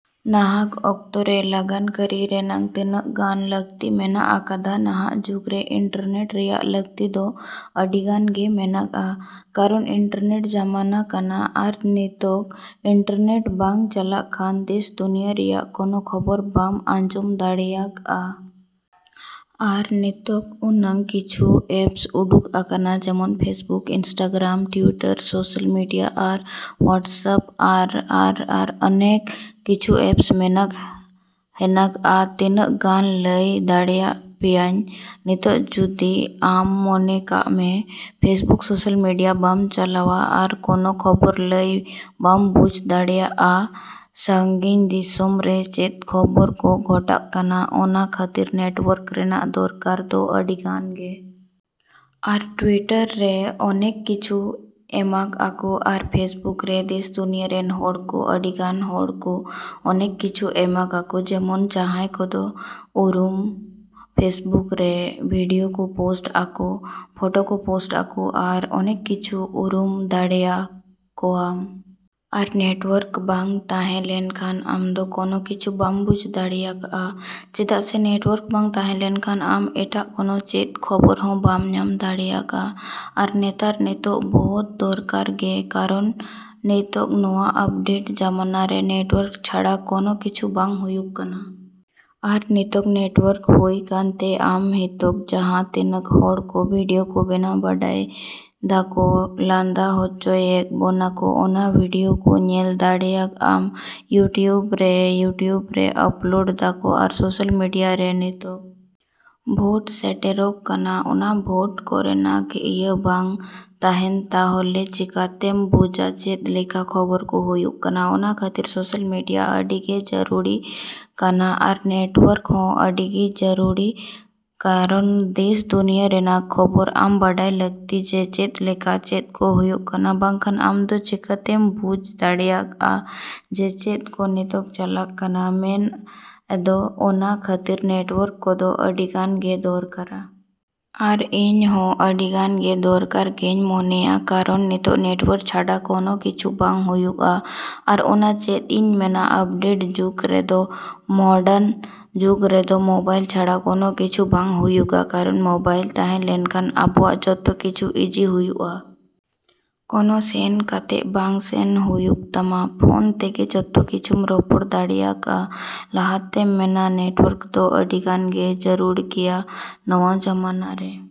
ᱱᱟᱦᱟᱜ ᱚᱠᱛᱚᱨᱮ ᱞᱟᱜᱟᱱ ᱠᱟᱹᱨᱤ ᱨᱮᱱᱟᱜ ᱛᱤᱱᱟᱹᱜ ᱜᱟᱱ ᱞᱟᱹᱠᱛᱤ ᱢᱮᱱᱟᱜ ᱠᱟᱫᱟ? ᱱᱟᱦᱟᱜ ᱡᱩᱜᱽᱨᱮ ᱤᱱᱴᱟᱨᱱᱮᱴ ᱨᱮᱭᱟᱜ ᱞᱟᱹᱠᱛᱤ ᱫᱚ ᱟᱹᱰᱤᱜᱟᱱ ᱜᱮ ᱢᱮᱱᱟᱜᱼᱟ ᱠᱟᱨᱚᱱ ᱤᱱᱴᱟᱨᱱᱮᱴ ᱡᱟᱢᱟᱱᱟ ᱠᱟᱱᱟ ᱟᱨ ᱱᱤᱛᱚᱜ ᱤᱱᱴᱟᱨᱱᱮᱴ ᱵᱟᱝ ᱪᱟᱞᱟᱜ ᱠᱷᱟᱱ ᱫᱮᱥ ᱫᱩᱱᱭᱟᱹ ᱨᱮᱱᱟᱜ ᱠᱳᱱᱳ ᱠᱷᱚᱵᱚᱨ ᱵᱟᱢ ᱟᱸᱡᱚᱢ ᱫᱟᱲᱮᱭᱟᱜᱼᱟ᱾ ᱟᱨ ᱱᱤᱛᱚᱜ ᱩᱱᱟᱹᱜ ᱠᱤᱪᱷᱩ ᱮᱯᱥ ᱩᱰᱩᱠ ᱠᱟᱱᱟ ᱡᱮᱢᱚᱱ Facebook, Instagram, Twitter, social media ᱟᱨ ᱦᱳᱣᱟᱴᱥᱮᱯ ᱟᱨ ᱟᱨ ᱟᱨ ᱚᱱᱮᱠ ᱠᱤᱪᱷᱩ ᱮᱯᱥ ᱢᱮᱱᱟᱜ ᱦᱮᱱᱟᱜᱼᱟ ᱛᱤᱱᱟᱹᱜ ᱜᱟᱱ ᱞᱟᱹᱭ ᱫᱟᱲᱮᱭᱟ ᱯᱮᱭᱟᱹᱧ᱾ ᱱᱤᱛᱚᱜ ᱡᱩᱫᱤ ᱟᱢ ᱢᱚᱱᱮ ᱠᱟᱜ ᱢᱮ ᱯᱷᱮᱥᱵᱩᱠ ᱥᱳᱥᱟᱞ ᱢᱮᱰᱤᱭᱟ ᱵᱟᱢ ᱪᱟᱞᱟᱣᱟ ᱟᱨ ᱠᱳᱱᱳ ᱠᱷᱚᱵᱚᱨ ᱞᱟᱹᱭ ᱵᱟᱢ ᱵᱩᱡᱽ ᱫᱟᱲᱮᱭᱟᱜᱼᱟ ᱥᱟᱺᱜᱤᱧ ᱫᱤᱥᱚᱢ ᱨᱮ ᱪᱮᱫ ᱠᱷᱚᱵᱚᱨ ᱠᱚ ᱜᱷᱚᱴᱟᱜ ᱠᱟᱱᱟ ᱚᱱᱟ ᱠᱷᱟᱹᱛᱤᱨ ᱱᱮᱴᱣᱟᱨᱠ ᱨᱮᱱᱟᱜ ᱫᱚᱨᱠᱟᱨ ᱫᱚ ᱟᱹᱰᱤᱜᱟᱱ ᱜᱮ᱾ ᱟᱨ ᱴᱩᱣᱤᱴᱟᱨ ᱨᱮ ᱚᱱᱮᱠ ᱠᱤᱪᱷᱩ ᱮᱢᱟᱜ ᱟᱠᱚ ᱟᱨ ᱯᱷᱮᱥᱵᱩᱠ ᱨᱮ ᱫᱮᱥ ᱫᱩᱱᱤᱭᱟᱹ ᱨᱮᱱ ᱦᱚᱲᱠᱚ ᱟᱹᱰᱤᱜᱟᱱ ᱦᱚᱲᱠᱚ ᱚᱱᱮᱠ ᱠᱤᱪᱷᱩ ᱮᱢᱟᱜ ᱟᱠᱚ ᱡᱮᱢᱚᱱ ᱡᱟᱦᱟᱸᱭ ᱠᱚᱫᱚ ᱩᱨᱩᱢ ᱯᱷᱮᱥᱵᱩᱠ ᱨᱮ ᱵᱷᱤᱰᱤᱭᱳ ᱠᱚ ᱯᱳᱥᱴ ᱟᱠᱚ, ᱯᱷᱳᱴᱚ ᱠᱚ ᱯᱳᱥᱴ ᱟᱠᱚ ᱟᱨ ᱚᱱᱮᱠ ᱠᱤᱪᱷᱩ ᱩᱨᱩᱢ ᱫᱟᱲᱮ ᱠᱚᱣᱟᱢ᱾ ᱟᱨ ᱱᱮᱴᱣᱟᱨᱠ ᱵᱟᱝ ᱛᱟᱦᱮᱸ ᱞᱮᱱᱠᱷᱟᱱ ᱟᱢᱫᱚ ᱠᱳᱱᱳ ᱠᱤᱪᱷᱩ ᱵᱟᱢ ᱵᱩᱡᱽ ᱫᱟᱲᱮᱭᱟᱜᱼᱟ ᱪᱮᱫᱟᱜ ᱥᱮ ᱱᱮᱴᱣᱟᱨᱠ ᱵᱟᱝ ᱛᱟᱦᱮᱸ ᱞᱮᱱᱠᱷᱟᱱ ᱟᱢ ᱮᱴᱟᱜ ᱠᱚᱱᱚ ᱪᱮᱫ ᱠᱷᱚᱵᱚᱨ ᱦᱚᱸ ᱵᱟᱢ ᱧᱟᱢ ᱫᱟᱲᱮᱭᱟᱜᱼᱟ᱾ ᱟᱨ ᱱᱮᱛᱟᱨ ᱱᱤᱛᱳᱜ ᱵᱚᱦᱩᱫ ᱫᱚᱨᱠᱟᱨ ᱜᱮ ᱠᱟᱨᱚᱱ ᱱᱤᱛᱚᱜ ᱱᱚᱣᱟ ᱟᱯᱰᱮᱴ ᱡᱟᱢᱟᱱᱟᱨᱮ ᱱᱮᱴᱣᱟᱨᱠ ᱪᱷᱟᱲᱟ ᱠᱳᱱᱳ ᱠᱤᱪᱷᱩ ᱵᱟᱝ ᱦᱩᱭᱩᱜᱼᱟ᱾ ᱟᱨ ᱱᱤᱛᱚᱜ ᱱᱮᱴᱣᱟᱨᱠ ᱦᱩᱭ ᱠᱟᱱᱛᱮ ᱟᱢ ᱦᱤᱛᱚᱜ ᱡᱟᱦᱟᱸ ᱛᱤᱱᱟᱹᱜ ᱦᱚᱲᱠᱚ ᱵᱷᱤᱰᱤᱭᱳ ᱠᱚ ᱵᱮᱱᱟᱣ ᱵᱟᱲᱟᱭᱫᱟᱠᱚ ᱞᱟᱸᱫᱟ ᱦᱚᱪᱚᱭᱮᱜ ᱵᱚᱱᱟ ᱠᱚ ᱚᱱᱟ ᱵᱷᱤᱰᱤᱭᱳ ᱠᱚ ᱧᱮᱞ ᱫᱟᱲᱮᱭᱟᱜᱼᱟ ᱤᱭᱩᱴᱩᱵᱽ ᱨᱮ, ᱤᱭᱩᱴᱩᱵᱽ ᱨᱮ ᱟᱯᱞᱳᱰ ᱫᱟᱠᱚ ᱟᱨ ᱥᱳᱥᱟᱞ ᱢᱮᱰᱤᱭᱟᱨᱮ᱾ ᱱᱤᱛᱚᱜ ᱵᱷᱳᱴ ᱥᱮᱴᱮᱨᱚᱜ ᱠᱟᱱᱟ ᱚᱱᱟ ᱵᱷᱳᱴ ᱠᱚᱨᱮᱱᱟᱜ ᱤᱭᱟᱹ ᱵᱟᱝ ᱛᱟᱦᱮᱱ ᱛᱟᱦᱚᱞᱮ ᱪᱤᱠᱟᱹᱛᱮᱢ ᱵᱩᱡᱟ ᱪᱮᱫ ᱞᱮᱠᱟ ᱠᱷᱚᱵᱚᱨ ᱠᱚ ᱦᱩᱭᱩᱜ ᱠᱟᱱᱟ ᱚᱱᱟ ᱠᱷᱟᱹᱛᱤᱨ ᱥᱳᱥᱟᱞ ᱢᱮᱰᱤᱭᱟ ᱟᱹᱰᱤᱜᱮ ᱡᱟᱹᱨᱩᱲᱤ ᱠᱟᱱᱟ ᱟᱨ ᱱᱮᱴᱣᱟᱨᱠ ᱦᱚᱸ ᱟᱹᱰᱤᱜᱮ ᱡᱟᱨᱩᱨᱤ ᱠᱟᱨᱚᱱ ᱫᱮᱥ ᱫᱩᱱᱤᱭᱟᱹ ᱨᱮᱱᱟᱜ ᱠᱷᱚᱵᱚᱨ ᱟᱢ ᱵᱟᱲᱟᱭ ᱞᱟᱹᱠᱛᱤ ᱡᱮ ᱪᱮᱫ ᱞᱮᱠᱟ ᱪᱮᱫ ᱠᱚ ᱦᱩᱭᱩᱜ ᱠᱟᱱᱟ ᱵᱟᱠᱷᱟᱱ ᱟᱢᱫᱚ ᱪᱤᱠᱟ ᱛᱮᱢ ᱵᱩᱡᱽ ᱫᱟᱲᱮᱭᱟᱜᱼᱟ ᱡᱮ ᱪᱮᱫ ᱠᱚ ᱱᱤᱛᱚᱜ ᱪᱟᱞᱟᱜ ᱠᱟᱱᱟ ᱢᱮᱱ ᱮᱫᱚ ᱚᱱᱟ ᱠᱷᱟᱹᱛᱤᱨ ᱱᱮᱴᱣᱟᱨᱠ ᱠᱚᱫᱚ ᱟᱹᱰᱤᱜᱟᱱ ᱜᱮ ᱫᱚᱨᱠᱟᱨᱟ᱾ ᱟᱨ ᱤᱧ ᱦᱚᱸ ᱟᱹᱰᱤᱜᱟᱱ ᱜᱮ ᱫᱚᱨᱠᱟᱨ ᱜᱮᱧ ᱢᱚᱱᱮᱭᱟ ᱠᱟᱨᱚᱱ ᱱᱤᱛᱚᱜ ᱱᱮᱴᱣᱟᱨᱠ ᱪᱷᱟᱨᱟ ᱠᱳᱱᱳ ᱠᱤᱪᱷᱩ ᱵᱟᱝ ᱦᱩᱭᱩᱜᱼᱟ᱾ ᱟᱨ ᱚᱱᱟ ᱪᱮᱫ ᱤᱧ ᱢᱮᱱᱟ ᱟᱯᱰᱮᱴ ᱡᱩᱜᱽ ᱨᱮᱫᱚ, ᱢᱚᱰᱟᱨᱱ ᱡᱩᱜᱽ ᱨᱮᱫᱚ ᱢᱳᱵᱟᱭᱤᱞ ᱪᱷᱟᱲᱟ ᱠᱳᱱᱳ ᱠᱤᱪᱷᱩ ᱵᱟᱝ ᱦᱩᱭᱩᱜᱼᱟ ᱠᱟᱨᱚᱱ ᱢᱳᱵᱟᱭᱤᱞ ᱛᱟᱦᱮᱸ ᱞᱮᱱᱠᱷᱟᱱ ᱟᱵᱚᱣᱟᱜ ᱡᱚᱛᱚ ᱠᱤᱪᱷᱩ ᱤᱡᱤ ᱦᱩᱭᱩᱜᱼᱟ᱾ ᱠᱳᱱᱳ ᱥᱮᱱ ᱠᱟᱛᱮ ᱵᱟᱝ ᱥᱮᱱ ᱦᱩᱭᱩᱜ ᱛᱟᱢᱟ ᱯᱷᱳᱱ ᱛᱮᱜᱮ ᱡᱚᱛᱚ ᱠᱤᱪᱷᱩᱢ ᱨᱚᱯᱚᱲ ᱫᱟᱲᱮᱜᱼᱟ᱾ ᱞᱟᱦᱟᱛᱮ ᱢᱮᱱᱟᱢ ᱱᱮᱴᱣᱟᱨᱠ ᱫᱚ ᱟᱹᱰᱤᱜᱟᱱᱜᱮ ᱡᱟᱹᱨᱩᱨ ᱜᱮᱭᱟ ᱱᱚᱣᱟ ᱡᱟᱢᱟᱱᱟᱨᱮ᱾।